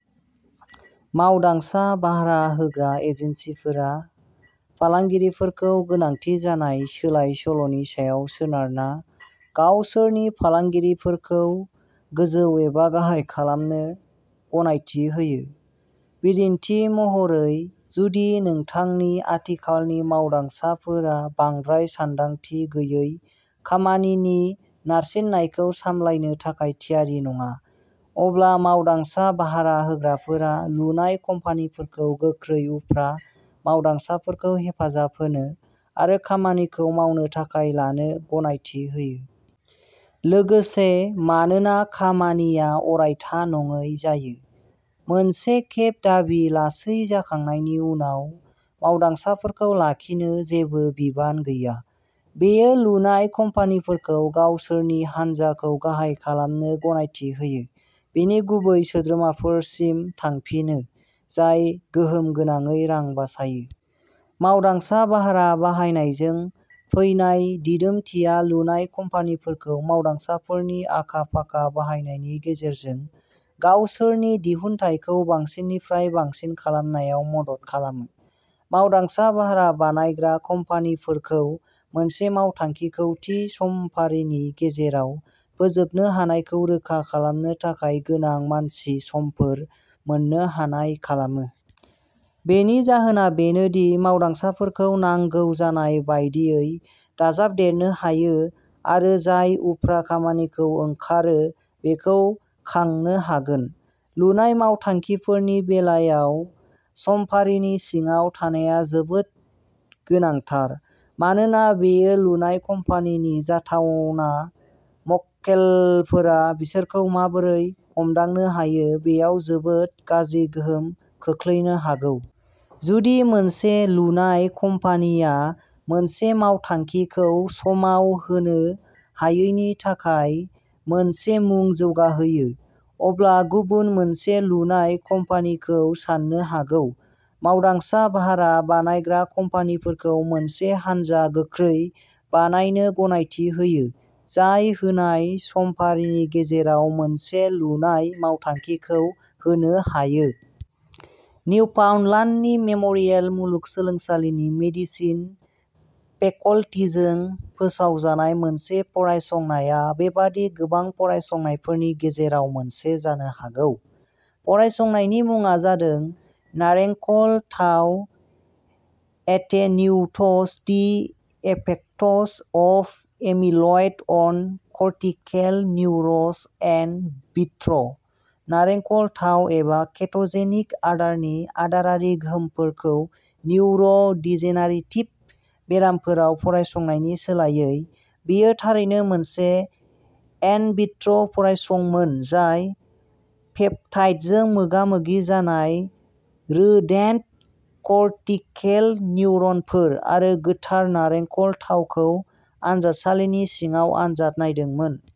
मावदांसा भारा होग्रा एजेन्सिफोरा फालांगिफोरखौ गोनांथि जानाय सोलाय-सोल'नि सायाव सोनारना गावसोरनि फालांगिफोरखौ गोजौ एबा गाहाय खालामनो गनायथि होयो। बिदिन्थि महरै, जुदि नोंथांनि आथिखालनि मावदांसाफोरा बांद्राय सानदांथि गैयै खामानिनि नारसिननायखौ सामलायनो थाखाय थियारि नङा, अब्ला मावदांसा भारा होग्राफोरा लुनाय कम्पानिफोरखौ गोख्रै उफ्रा मावदांसाफोरखौ हेफाजाब होनो आरो खामानिखौ मावनो थाखाय लानो गनायथि होयो। लोगोसे, मानोना खामानिया अरायथा नङै जायो, मोनसे खेब दाबि लासै जाखांनायनि उनाव मावदांसाफोरखौ लाखिनो जेबो बिबान गैया। बेयो लुनाय कम्पानिफोरखौ गावसोरनि हानजाखौ गाहाय खालामनो गनायथि होयो, बेनि गुबै सोद्रोमाफोरसिम थांफिनो, जाय गोहोमगोनाङै रां बासायो। मावदांसा भारा बाहायनायजों फैनाय दिदोमथिया लुनाय कम्पानिफोरखौ मावदांसाफोरनि आखा-फाखा बाहायनायनि गेजेरजों गावसोरनि दिहुनथायखौ बांसिननिफ्राय बांसिन खालामनायाव मदद खालामो। मावदांसा भारा बानायग्रा कम्पानिफोरखौ मोनसे मावथांखिखौ थि समफारिनि गेजेराव फोजोबनो हानायखौ रोखा खालामनो थाखाय गोनां मानसि समफोर मोन्नो हानाय खालामो। बेनि जाहोना बेनो दि मावदांसाफोरखौ नांगौ जानाय बायदियै दाजाबदेरनो हायो आरो जाय उफ्रा खामानिखौ ओंखारो बेखौ खांनो हागोन। लुनाय मावथांखिफोरनि बेलायाव समफारिनि सिङाव थानाया जोबोद गोनांथार, मानोना बेयो लुनाय कम्पानिनि जाथावना मक्केलफोरा बिसोरखौ माबोरै हमदांनो हायो बेयाव जोबोद गाज्रि गोहोम खोख्लैनो हागौ। जुदि मोनसे लुनाय कम्पानिआ मोनसे मावथांखिखौ समाव होनो हायैनि थाखाय मोनसे मुं जौगाहोयो, अब्ला गुबुन मोनसे लुनाय कम्पानिखौ सान्नो हागौ। मावदांसा भारा बानायग्रा कम्पानिफोरखौ मोनसे हानजा गोख्रै बानायनो गनायथि होयो जाय होनाय समफारिनि गेजेराव मोनसे लुनाय मावथांखिखौ होनो हायो। निउफाउन्डलान्दनि मेम'रियेल मुलुगसोलोंसालिनि मेडिसिन फेकल्टीजों फोसावजानाय मोनसे फरायसंनाया बेबादि गोबां फरायसंनायफोरनि गेजेराव मोनसे जानो हागौ। फरायसंनायनि मुङा जादों "नारेंखल थाव attenuates the effects of amyloid on cortical neurons in vitro'". नारेंखल थाव, एबा केट'जेनिक आदारनि आदारारि गोहोमफोरखौ निउर'- डिजेनारेटिभ बेरामफोराव फरायसंनायनि सोलायै, बेयो थारैनो मोनसे इनविट्र'फरायसंमोन जाय " पेप्टाइडजों मोगा-मोगि जानाय रोडेन्ट कर्टिकेल न्युरनफोर" आरो गोथार नारेंखल थावखौ आनजादसालिनि सिङाव आनजाद नायदोंमोन।